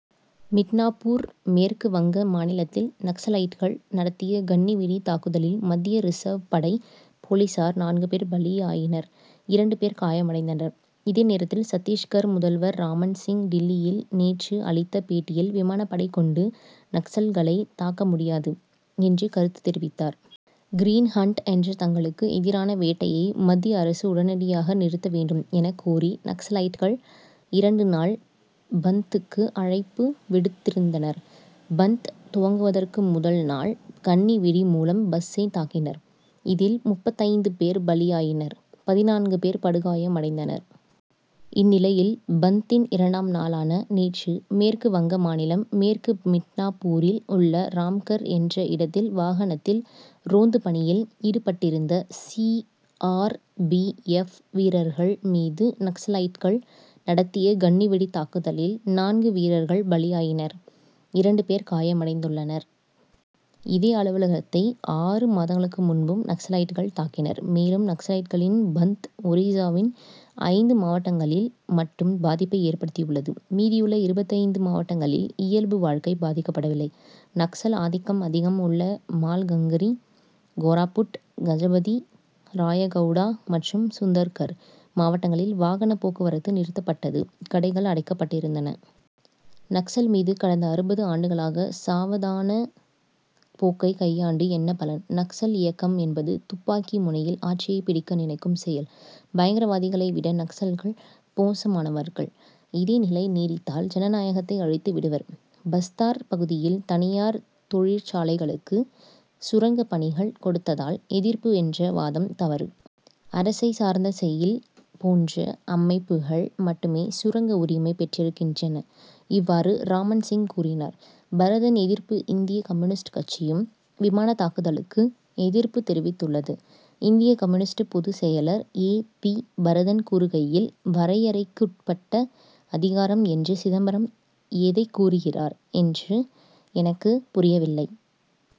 மிட்னாப்பூர் மேற்கு வங்க மாநிலத்தில் நக்சலைட்கள் நடத்திய கண்ணிவெடித் தாக்குதலில் மத்திய ரிசர்வ் படை போலீசார் நான்கு பேர் பலியாயினர் இரண்டு பேர் காயமடைந்தனர். இதே நேரத்தில் சத்திஸ்கர் முதல்வர் ராமன் சிங் டில்லியில் நேற்று அளித்த பேட்டியில் விமானப்படை கொண்டு நக்சல்களை தாக்க முடியாது என்று கருத்து தெரிவித்தார். கிரீன் ஹன்ட் என்ற தங்களுக்கு எதிரான வேட்டையை மத்திய அரசு உடனடியாக நிறுத்த வேண்டும் எனக்கோரி நக்சலைட்கள் இரண்டு நாள் பந்த்துக்கு அழைப்பு விடுத்திருந்தனர். பந்த் துவங்குவதற்கு முதல்நாள் கண்ணி வெடி மூலம் பஸ்சைத் தாக்கினர். இதில் முப்பத்தைந்து பேர் பலியாயினர் பதினான்கு பேர் படுகாயமடைந்தனர். இந்நிலையில் பந்த்தின் இரண்டாம் நாளான நேற்று மேற்கு வங்க மாநிலம் மேற்கு மிட்னாப்பூரில் உள்ள ராம்கர் என்ற இடத்தில் வாகனத்தில் ரோந்துப் பணியில் ஈடுபட்டிருந்த சி. ஆர். பி. எப். வீரர்கள் மீது நக்சலைட்கள் நடத்திய கண்ணிவெடித் தாக்குதலில் நான்கு வீரர்கள் பலியாயினர் இரண்டு பேர் காயமடைந்துள்ளனர். இதே அலுவலகத்தை ஆறு மாதங்களுக்கு முன்பும் நக்சலைட்கள் தாக்கினர். மேலும் நக்சலைட்களின் பந்த் ஒரிசாவின் ஐந்து மாவட்டங்களில் மட்டும் பாதிப்பை ஏற்படுத்தியுள்ளது. மீதியுள்ள இருபத்தைந்து மாவட்டங்களில் இயல்பு வாழ்க்கை பாதிக்கப்படவில்லை. நக்சல் ஆதிக்கம் அதிகம் உள்ள மால்கங்கிரி கோராபுட் கஜபதி ராயகவுடா மற்றும் சுந்தர்கர் மாவட்டங்களில் வாகனப் போக்குவரத்து நிறுத்தப்பட்டது கடைகள் அடைக்கப்பட்டிருந்தன. நக்சல் மீது கடந்த அறுபது ஆண்டுகளாக சாவதானப் போக்கை கையாண்டு என்ன பலன். நக்சல் இயக்கம் என்பது துப்பாக்கி முனையில் ஆட்சியை பிடிக்க நினைக்கும் செயல். பயங்கரவாதிகளை விட நக்சல்கள் மோசமானவர்கள் இதே நிலை நீடித்தால் ஜனநாயகத்தை அழித்து விடுவர். பஸ்தார் பகுதியில் தனியார் தொழிற்சாலைகளுக்கு சுரங்கப் பணிகள் கொடுத்ததால் எதிர்ப்பு என்ற வாதம் தவறு. அரசைச் சார்ந்த செயில் போன்ற அமைப்புகள் மட்டுமே சுரங்க உரிமை பெற்றிருக்கின்றன. இவ்வாறு ராமன் சிங் கூறினார். பரதன் எதிர்ப்பு இந்திய கம்யூனிஸ்ட் கட்சியும் விமானத் தாக்குதலுக்கு எதிர்ப்பு தெரிவித்துள்ளது. இந்திய கம்யூனிஸ்ட் பொதுச் செயலர் ஏ. பி. பரதன் கூறுகையில் வரையறைக்குட்பட்ட அதிகாரம் என்று சிதம்பரம் எதைக் கூறுகிறார் என்று எனக்குப் புரியவில்லை.